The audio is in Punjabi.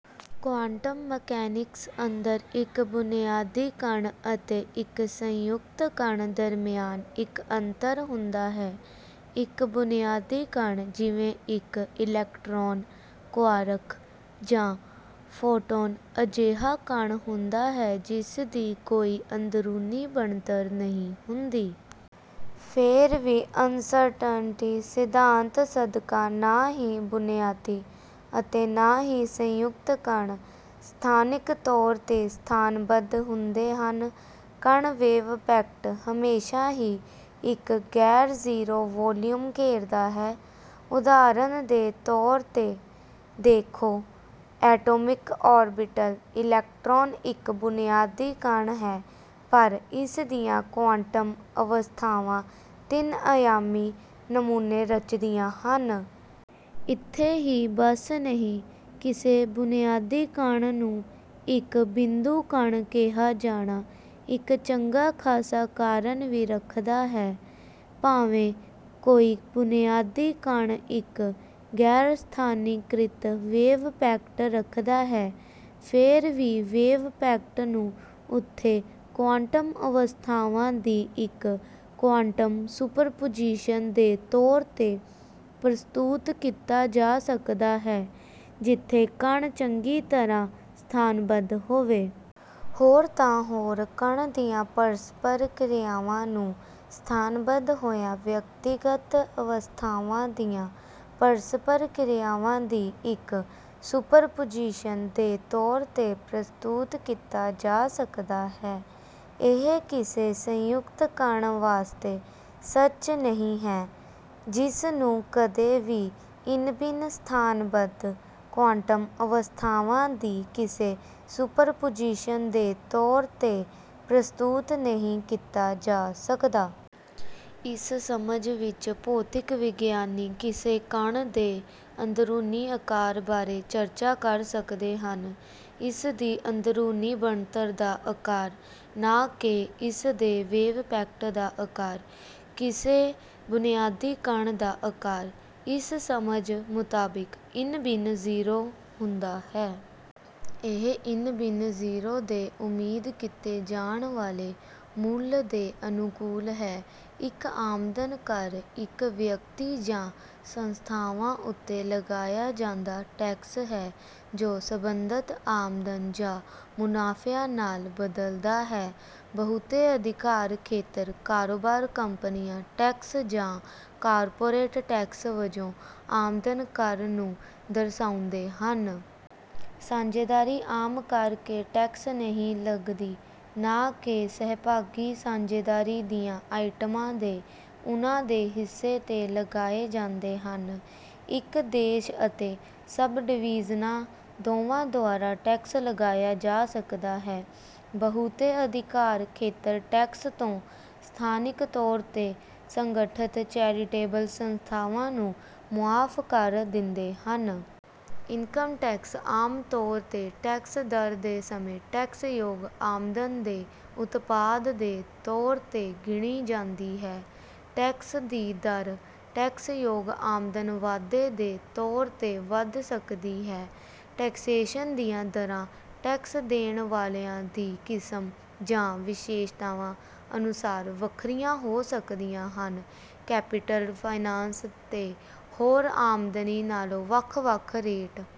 ਕੁਆਂਟਮ ਮਕੈਨਿਕਸ ਅੰਦਰ, ਇੱਕ ਬੁਨਿਆਦੀ ਕਣ ਅਤੇ ਇੱਕ ਸੰਯੁਕਤ ਕਣ ਦਰਮਿਆਨ ਇੱਕ ਅੰਤਰ ਹੁੰਦਾ ਹੈ। ਇੱਕ ਬੁਨਿਆਦੀ ਕਣ, ਜਿਵੇਂ ਇੱਕ ਇਲੈਕਟ੍ਰੌਨ, ਕੁਆਰਕ, ਜਾਂ ਫੋਟੌਨ, ਅਜਿਹਾ ਕਣ ਹੁੰਦਾ ਹੈ ਜਿਸਦੀ ਕੋਈ ਅੰਦਰੂਨੀ ਬਣਤਰ ਨਹੀਂ ਹੁੰਦੀ। ਫੇਰ ਵੀ, ਅਨਸਰਟਨਟੀ ਸਿਧਾਂਤ ਸਦਕਾ, ਨਾ ਹੀ ਬੁਨਿਆਦੀ ਅਤੇ ਨਾ ਹੀ ਸੰਯੁਕਤ ਕਣ ਸਥਾਨਿਕ ਤੌਰ ਤੇ ਸਥਾਨਬੱਧ ਹੁੰਦੇ ਹਨ। ਕਣ ਵੇਵਪੈਕਟ ਹਮੇਸ਼ਾਂ ਹੀ ਇੱਕ ਗੈਰ-ਜ਼ੀਰੋ ਵੌਲੀਊਮ ਘੇਰਦਾ ਹੈ। ਉਦਾਹਰਨ ਦੇ ਤੌਰ ਤੇ, ਦੇਖੋ ਐਟੌਮਿਕ ਔਰਬਿਟਲ: ਇਲੈਕਟ੍ਰੌਨ ਇੱਕ ਬੁਨਿਆਦੀ ਕਣ ਹੈ, ਪਰ ਇਸਦੀਆਂ ਕੁਆਂਟਮ ਅਵਸਥਾਵਾਂ ਤਿੰਨ-ਅਯਾਮੀ ਨਮੂਨੇ ਰਚਦੀਆਂ ਹਨ। ਇੱਥੇ ਹੀ ਬੱਸ ਨਹੀਂ, ਕਿਸੇ ਬੁਨਿਆਦੀ ਕਣ ਨੂੰ ਇੱਕ ਬਿੰਦੂ ਕਣ ਕਿਹਾ ਜਾਣਾ ਇੱਕ ਚੰਗਾ ਖਾਸਾ ਕਾਰਨ ਵੀ ਰੱਖਦਾ ਹੈ। ਭਾਵੇਂ ਕੋਈ ਬੁਨਿਆਦੀ ਕਣ ਇੱਕ ਗੈਰ-ਸਥਾਨੀਕ੍ਰਿਤ ਵੇਵਪੈਕਟ ਰੱਖਦਾ ਹੈ, ਫੇਰ ਵੀ ਵੇਵਪੈਕਟ ਨੂੰ ਉੱਥੇ ਕੁਆਂਟਮ ਅਵਸਥਾਵਾਂ ਦੀ ਇੱਕ ਕੁਆਂਟਮ ਸੁਪਰਪੁਜੀਸ਼ਨ ਦੇ ਤੌਰ ਤੇ ਪ੍ਰਸਤੁਤ ਕੀਤਾ ਜਾ ਸਕਦਾ ਹੈ ਜਿੱਥੇ ਕਣ ਚੰਗੀ ਤਰ੍ਹਾਂ ਸਥਾਨਬੱਧ ਹੋਵੇ। ਹੋਰ ਤਾਂ ਹੋਰ, ਕਣ ਦੀਆਂ ਪਰਸਪਰ ਕ੍ਰਿਆਵਾਂ ਨੂੰ ਸਥਾਨਬੱਧ ਹੋਈਆਂ ਵਿਅਕਤੀਗਤ ਅਵਸਥਾਵਾਂ ਦੀਆਂ ਪਰਸਪਰ ਕ੍ਰਿਆਵਾਂ ਦੀ ਇੱਕ ਸੁਪਰਪੁਜੀਸ਼ਨ ਦੇ ਤੌਰ ਤੇ ਪ੍ਰਸਤੁਤ ਕੀਤਾ ਜਾ ਸਕਦਾ ਹੈ। ਇਹ ਕਿਸੇ ਸੰਯੁਕਤ ਕਣ ਵਾਸਤੇ ਸੱਚ ਨਹੀਂ ਹੈ, ਜਿਸ ਨੂੰ ਕਦੇ ਵੀ ਇੰਨਬਿੰਨ-ਸਥਾਨਬੱਧ ਕੁਆਂਟਮ ਅਵਸਥਾਵਾਂ ਦੀ ਕਿਸੇ ਸੁਪਰਪੁਜੀਸ਼ਨ ਦੇ ਤੌਰ ਤੇ ਪ੍ਰਸਤੁਤ ਨਹੀਂ ਕੀਤਾ ਜਾ ਸਕਦਾ। ਇਸ ਸਮਝ ਵਿੱਚ, ਭੌਤਿਕ ਵਿਗਿਆਨੀ ਕਿਸੇ ਕਣ ਦੇ ਅੰਦਰੂਨੀ ਅਕਾਰ ਬਾਰੇ ਚਰਚਾ ਕਰ ਸਕਦੇ ਹਨ: ਇਸਦੀ ਅੰਦਰੂਨੀ ਬਣਤਰ ਦਾ ਅਕਾਰ, ਨਾ ਕਿ ਇਸਦੇ ਵੇਵਪੈਕਟ ਦਾ ਅਕਾਰ। ਕਿਸੇ ਬੁਨਿਆਦੀ ਕਣ ਦਾ ਅਕਾਰ, ਇਸ ਸਮਝ ਮੁਤਾਬਿਕ, ਇੰਨਬਿੰਨ ਜ਼ੀਰੋ ਹੁੰਦਾ ਹੈ। ਇਹ ਇੰਨਬਿੰਨ ਜ਼ੀਰੋ ਦੇ ਉਮੀਦ ਕੀਤੇ ਜਾਣ ਵਾਲੇ ਮੁੱਲ ਦੇ ਅਨੁਕੂਲ ਹੈ। ਇੱਕ ਆਮਦਨ ਕਰ ਇੱਕ ਵਿਅਕਤੀ ਜਾਂ ਸੰਸਥਾਵਾਂ ਉੱਤੇ ਲਗਾਇਆ ਜਾਂਦਾ ਟੈਕਸ ਹੈ ਜੋ ਸੰਬੰਧਤ ਆਮਦਨ ਜਾਂ ਮੁਨਾਫਿਆਂ ਨਾਲ ਬਦਲਦਾ ਹੈ। ਬਹੁਤੇ ਅਧਿਕਾਰ ਖੇਤਰ ਕਾਰੋਬਾਰ ਕੰਪਨੀਆਂ ਟੈਕਸ ਜਾਂ ਕਾਰਪੋਰੇਟ ਟੈਕਸ ਵਜੋਂ ਆਮਦਨ ਕਰ ਨੂੰ ਦਰਸਾਉਂਦੇ ਹਨ। ਸਾਂਝੇਦਾਰੀ ਆਮ ਕਰਕੇ ਟੈਕਸ ਨਹੀਂ ਲਗਦੀ; ਨਾ ਕਿ, ਸਹਿਭਾਗੀ ਸਾਂਝੇਦਾਰੀ ਦੀਆਂ ਆਈਟਮਾਂ ਦੇ ਉਨ੍ਹਾਂ ਦੇ ਹਿੱਸੇ ਤੇ ਲਗਾਏ ਜਾਂਦੇ ਹਨ। ਇੱਕ ਦੇਸ਼ ਅਤੇ ਸਬ-ਡਿਵੀਜ਼ਨਾਂ ਦੋਵਾਂ ਦੁਆਰਾ ਟੈਕਸ ਲਗਾਇਆ ਜਾ ਸਕਦਾ ਹੈ। ਬਹੁਤੇ ਅਧਿਕਾਰ ਖੇਤਰ ਟੈਕਸ ਤੋਂ ਸਥਾਨਿਕ ਤੌਰ ਤੇ ਸੰਗਠਤ ਚੈਰੀਟੇਬਲ ਸੰਸਥਾਵਾਂ ਨੂੰ ਮੁਆਫ ਕਰ ਦਿੰਦੇ ਹਨ। ਇਨਕਮ ਟੈਕਸ ਆਮ ਤੌਰ ਤੇ ਟੈਕਸ ਦਰ ਦੇ ਸਮੇਂ ਟੈਕਸਯੋਗ ਆਮਦਨ ਦੇ ਉਤਪਾਦ ਦੇ ਤੌਰ ਤੇ ਗਿਣੀ ਜਾਂਦੀ ਹੈ। ਟੈਕਸ ਦੀ ਦਰ ਟੈਕਸਯੋਗ ਆਮਦਨ ਵਾਧੇ ਦੇ ਤੌਰ ਤੇ ਵਧ ਸਕਦੀ ਹੈ। ਟੈਕਸੇਸ਼ਨ ਦੀਆਂ ਦਰਾਂ ਟੈਕਸ ਦੇਣ ਵਾਲਿਆਂ ਦੀ ਕਿਸਮ ਜਾਂ ਵਿਸ਼ੇਸ਼ਤਾਵਾਂ ਅਨੁਸਾਰ ਵੱਖਰੀਆਂ ਹੋ ਸਕਦੀਆਂ ਹਨ। ਕੈਪੀਟਲ ਫਾਇਨਾਂਸ ਤੇ ਹੋਰ ਆਮਦਨੀ ਨਾਲੋਂ ਵੱਖ ਵੱਖ ਰੇਟ...